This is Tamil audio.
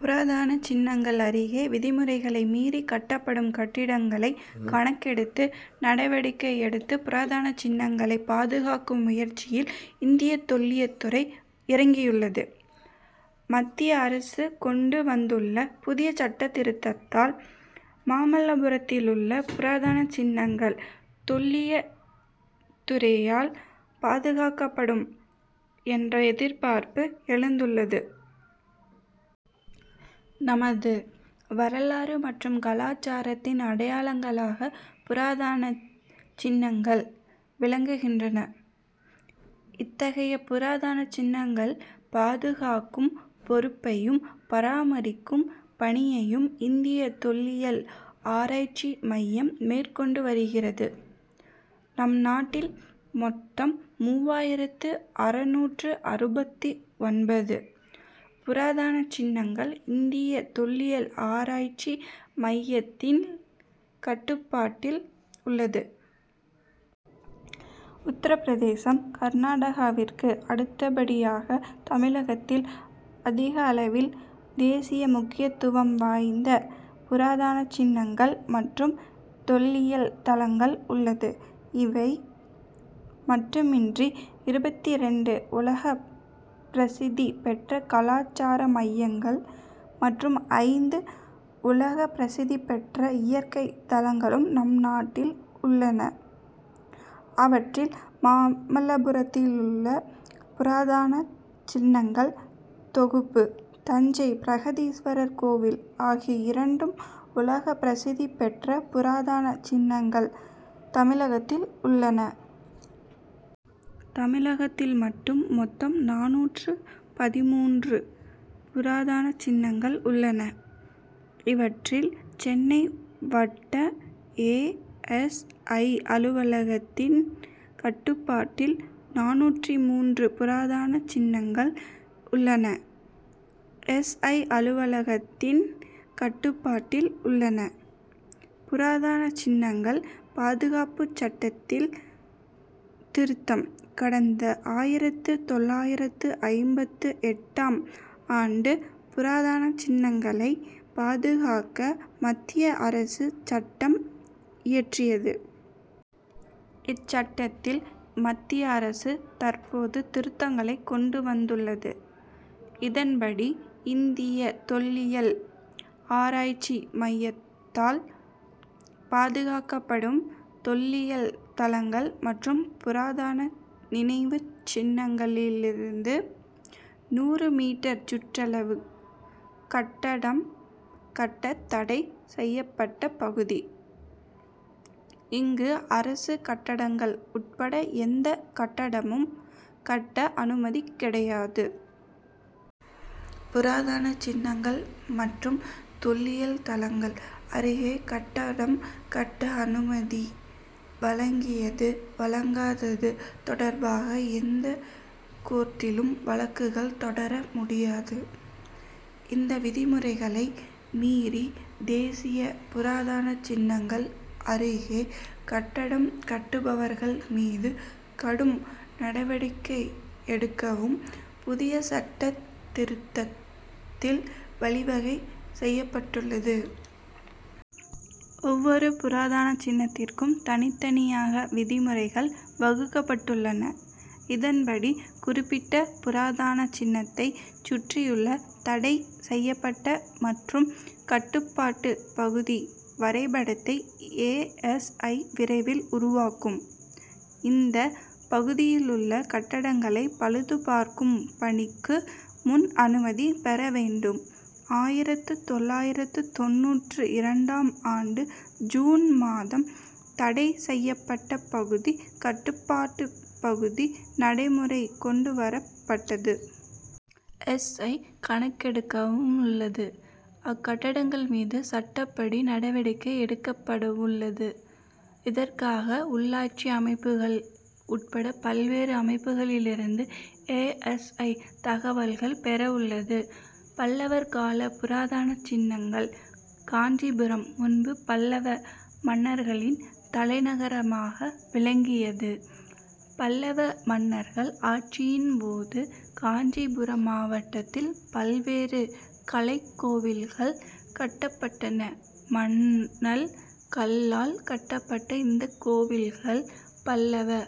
புராதன சின்னங்கள் அருகே விதிமுறைகளை மீறி கட்டப்படும் கட்டடங்களை கணக்கெடுத்து நடவடிக்கை எடுத்து புராதன சின்னங்களை பாதுகாக்கும் முயற்சியில் இந்திய தொல்லியல் துறை இறங்கியுள்ளது. மத்திய அரசு கொண்டு வந்துள்ள புதிய சட்டத் திருத்தத்தால் மாமல்லபுரத்திலுள்ள புராதன சின்னங்கள் தொல்லியல் துறையால் பாதுகாக்கப்படும் என்ற எதிர்பார்ப்பு எழுந்துள்ளது. நமது வரலாறு மற்றும் கலாசாரத்தின் அடையாளங்களாக புராதன சின்னங்கள் விளங்குகின்றன. இத்தகைய புராதன சின்னங்கள் பாதுகாக்கும் பொறுப்பையும் பராமரிக்கும் பணியையும் இந்திய தொல்லியல் ஆராய்ச்சி மையம் மேற்கொண்டு வருகிறது. நம்நாட்டில் மொத்தம் மூவாயிரத்து அறுநூற்று அறுபத்து ஒன்பது புராதன சின்னங்கள் இந்திய தொல்லியல் ஆராய்ச்சி மையத்தின் கட்டுப்பாட்டில் உள்ளன. உத்தரபிரதேசம் கர்நாடகாவிற்கு அடுத்தபடியாக தமிழகத்தில் அதிகளவில் தேசிய முக்கியத்துவம் வாய்ந்த புராதன சின்னங்கள் மற்றும் தொல்லியல் தலங்கள் உள்ளது. இவை மட்டுமின்றி இருபத்திரண்டு உலகப் பிரசித்தி பெற்ற கலாசார மையங்கள் மற்றும் ஐந்து உலகப் பிரசித்தி பெற்ற இயற்கை தலங்களும் நம்நாட்டில் உள்ளன. அவற்றில் மாமல்லபுரத்திலுள்ள புராதன சின்னங்கள் தொகுப்பு தஞ்சை பிரகதீஸ்வரர் கோவில் ஆகிய இரண்டு உலகப் பிரசித்தி பெற்ற புராதன சின்னங்கள் தமிழகத்தில் உள்ளன. தமிழகத்தில் மட்டும் மொத்தம் நானூற்று பதின்மூன்று புராதன சின்னங்கள் உள்ளன. இவற்றில் சென்னை வட்ட ஏ. எஸ். ஐ. அலுவலகத்தின் கட்டுப்பாட்டில் நானூற்று மூன்று புராதன சின்னங்கள் உள்ளன. எஸ். ஐ. அலுவலகத்தின் கட்டுப்பாட்டில் உள்ளன. புராதன சின்னங்கள் பாதுகாப்பு சட்டத்தில் திருத்தம் கடந்த ஆயிரத்து தொள்ளாயிரத்து ஐம்பத்து எட்டாம் ஆண்டு புராதன சின்னங்களை பாதுகாக்க மத்திய அரசு சட்டம் இயற்றியது. இச்சட்டத்தில் மத்திய அரசு தற்போது திருத்தங்களை கொண்டு வந்துள்ளது. இதன்படி இந்திய தொல்லியல் ஆராய்ச்சி மையத்தால் பாதுகாக்கப்படும் தொல்லியல் தலங்கள் மற்றும் புராதன நினைவுச் சின்னங்களிலிருந்து நூறு மீட்டர் சுற்றளவு கட்டடம் கட்ட தடை செய்யப்பட்ட பகுதி. இங்கு அரசு கட்டடங்கள் உட்பட எந்த கட்டடமும் கட்ட அனுமதி கிடையாது. புராதன சின்னங்கள் மற்றும் தொல்லியல் தலங்கள் அருகே கட்டடம் கட்ட அனுமதி வழங்கியது வழங்காதது தொடர்பாக எந்தக் கோர்ட்டிலும் வழக்கு தொடர முடியாது. இந்த விதிமுறைகளை மீறி தேசிய புராதன சின்னங்கள் அருகே கட்டடம் கட்டுபவர்கள் மீது கடும் நடவடிக்கை எடுக்கவும் புதிய சட்டத் திருத்தத்தில் வழிவகை செய்யப்பட்டுள்ளது. ஒவ்வொரு புராதன சின்னத்திற்கும் தனித்தனியாக விதிமுறைகள் வகுக்கப்படவுள்ளன. இதன்படி குறிப்பிட்ட புராதன சின்னத்தை சுற்றியுள்ள தடை செய்யப்பட்ட மற்றும் கட்டுப்பாட்டு பகுதி வரைபடத்தை ஏ. எஸ். ஐ. விரைவில் உருவாக்கும். இந்த பகுதியிலுள்ள கட்டடங்களை பழுதுபார்க்கும் பணிக்கு முன் அனுமதி பெற வேண்டும். ஆயிரத்து தொள்ளாயிரத்து தொண்ணூற்று இரண்டாம் ஆண்டு ஜூன் மாதம் தடை செய்யப்பட்ட பகுதி கட்டுப்பாட்டு பகுதி நடைமுறை கொண்டு வரப்பட்டது. எஸ். ஐ. கணக்கெடுக்கவுள்ளது. அக்கட்டடங்கள் மீது சட்டப்படி நடவடிக்கை எடுக்கப்படவுள்ளது. இதற்காக உள்ளாட்சி அமைப்புகள் உட்பட பல்வேறு அமைப்புகளிலிருந்து ஏ. எஸ். ஐ. தகவல்களை பெறவுள்ளது. பல்லவர் கால புராதன சின்னங்கள் காஞ்சிபுரம் முன்பு பல்லவ மன்னர்களின் தலைநகரமாக விளங்கியது. பல்லவ மன்னர்கள் ஆட்சியின்போது காஞ்சிபுரம் மாவட்டத்தில் பல்வேறு கலைக்கோவில்கள் கட்டப்பட்டன. மணல் கல்லால் கட்டப்பட்ட இந்தக் கோவில்கள் பல்லவ